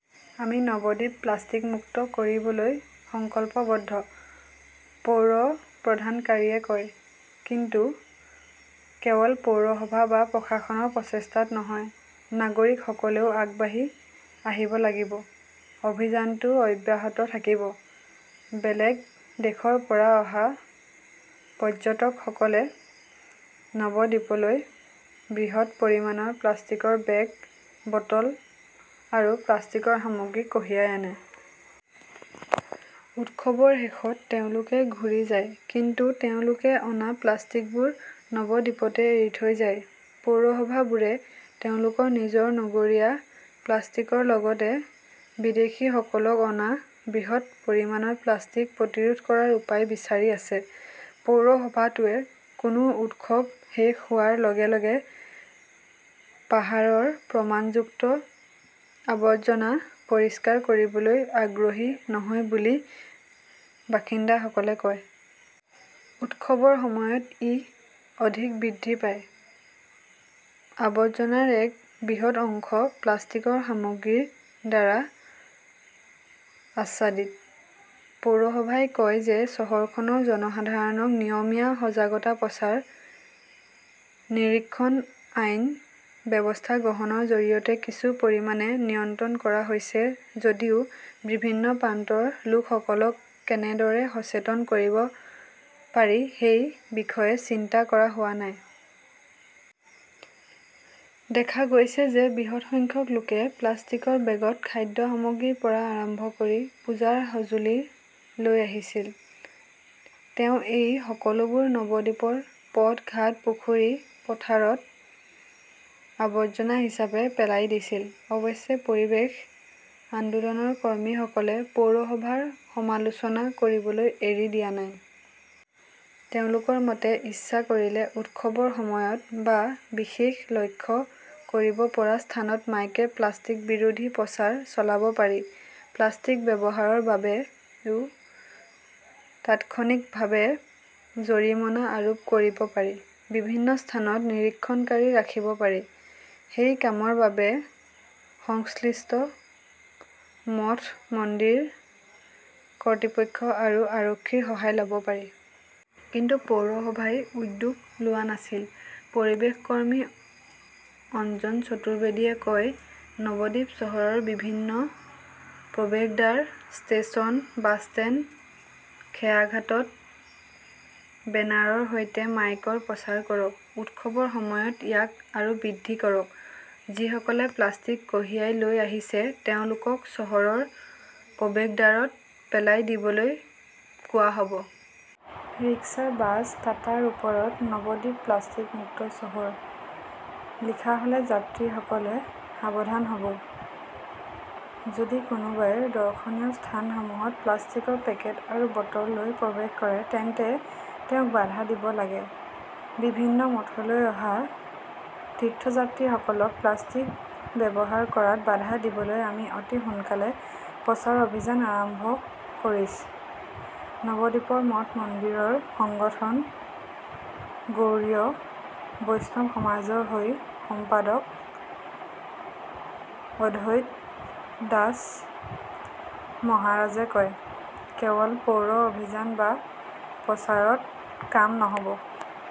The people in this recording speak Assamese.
আমি নৱদ্বীপ প্লাষ্টিক মুক্ত কৰিবলৈ সংকল্পবদ্ধ, পৌৰ প্ৰধানগৰাকীয়ে কয়। কিন্তু কেৱল পৌৰসভা বা প্ৰশাসনৰ প্ৰচেষ্টাত নহয়, নাগৰিকসকলেও আগবাঢ়ি আহিব লাগিব। অভিযানটো অব্যাহত থাকিব। বেলেগ দেশৰ পৰা অহা পৰ্যটকসকলে নৱদ্বীপলৈ বৃহৎ পৰিমাণৰ প্লাষ্টিকৰ বেগ, বটল আৰু প্লাষ্টিকৰ সামগ্ৰী কঢ়িয়াই আনে। উৎসৱৰ শেষত তেওঁলোকে ঘূৰি যায় কিন্তু তেওঁলোকে অনা প্লাষ্টিকবোৰ নৱদ্বীপতে এৰি থৈ যায়। পৌৰসভাবোৰে তেওঁলোকৰ নিজৰ নগৰীয়া প্লাষ্টিকৰ লগতে বিদেশীসকলক অনা বৃহৎ পৰিমাণৰ প্লাষ্টিক প্ৰতিৰোধ কৰাৰ উপায় বিচাৰি আছে। পৌৰসভাটোৱে কোনো উৎসৱ শেষ হোৱাৰ লগে লগে পাহাৰৰ প্ৰমাণযুক্ত আৱৰ্জনা পৰিষ্কাৰ কৰিবলৈ আগ্ৰহী নহয় বুলি বাসিন্দাসকলে কয়। উৎসৱৰ সময়ত ই অধিক বৃদ্ধি পায়। আৱৰ্জনাৰ এক বৃহৎ অংশ প্লাষ্টিকৰ সামগ্ৰীৰ দ্বাৰা আচ্ছাদিত। পৌৰসভাই কয় যে চহৰখনৰ জনসাধাৰণক নিয়মীয়া সজাগতা প্ৰচাৰ, নিৰীক্ষণ, আইনী ব্যৱস্থা গ্ৰহণৰ জৰিয়তে কিছু পৰিমাণে নিয়ন্ত্ৰণ কৰা হৈছে যদিও বিভিন্ন প্ৰান্তৰ লোকসকলক কেনেদৰে সচেতন কৰিব পাৰি সেই বিষয়ে চিন্তা কৰা হোৱা নাই। দেখা গৈছে যে বৃহৎ সংখ্যক লোকে প্লাষ্টিকৰ বেগত খাদ্য সামগ্ৰীৰ পৰা আৰম্ভ কৰি পূজাৰ সঁজুলি লৈ আহিছিল। তেওঁ এই সকলোবোৰ নৱদ্বীপৰ পথ-ঘাট-পুখুৰী-পথাৰত আৱৰ্জনা হিচাপে পেলাই দিছিল। অৱশ্যে, পৰিৱেশ আন্দোলনৰ কৰ্মীসকলে পৌৰসভাৰ সমালোচনা কৰিবলৈ এৰি দিয়া নাই। তেওঁলোকৰ মতে, ইচ্ছা কৰিলে উৎসৱৰ সময়ত বা বিশেষ লক্ষ্য কৰিব পৰা স্থানত মাইকে প্লাষ্টিক বিৰোধী প্ৰচাৰ চলাব পাৰি। প্লাষ্টিক ব্যৱহাৰৰ বাবেও তাৎক্ষণিকভাৱে জৰিমনা আৰোপ কৰিব পাৰি। বিভিন্ন স্থানত নিৰীক্ষণকাৰী ৰাখিব পাৰি। সেই কামৰ বাবে সংশ্লিষ্ট মঠ-মন্দিৰ কৰ্তৃপক্ষ আৰু আৰক্ষীৰ সহায় ল'ব পাৰি। কিন্তু পৌৰসভাই উদ্যোগ লোৱা নাছিল। পৰিৱেশ কৰ্মী অঞ্জন চতুৰ্বেদীয়ে কয়, নৱদ্বীপ চহৰৰ বিভিন্ন প্ৰৱেশদ্বাৰ, ষ্টেচন, বাছষ্টেণ্ড, খেয়াঘাটত বেনাৰৰ সৈতে মাইকৰ প্ৰচাৰ কৰক। উৎসৱৰ সময়ত ইয়াক আৰু বৃদ্ধি কৰক। যিসকলে প্লাষ্টিক কঢ়িয়াই লৈ আহিছে তেওঁলোকক চহৰৰ প্ৰৱেশদ্বাৰত পেলাই দিবলৈ কোৱা হ'ব। ৰিক্সা, বাছ, টাটাৰ ওপৰত 'নৱদ্বীপ প্লাষ্টিক মুক্ত চহৰ' লিখা হ'লে যাত্ৰীসকলে সাৱধান হ'ব। যদি কোনোবাই দৰ্শনীয় স্থানসমূহত প্লাষ্টিকৰ পেকেট আৰু বটল লৈ প্ৰৱেশ কৰে তেন্তে তেওঁক বাধা দিব লাগে। বিভিন্ন মঠলৈ অহা তীৰ্থযাত্ৰীসকলক প্লাষ্টিক ব্যৱহাৰ কৰাত বাধা দিবলৈ আমি অতি সোনকালে প্ৰচাৰ অভিযান আৰম্ভ কৰিছ, নৱদ্বীপৰ মঠ মন্দিৰৰ সংগঠন গৌড়ীয় বৈষ্ণৱ সমাজৰ হৈ সম্পাদক অদ্বৈত দাস মহাৰাজে কয়। ""কেৱল পৌৰ অভিযান বা প্ৰচাৰত কাম নহ'ব।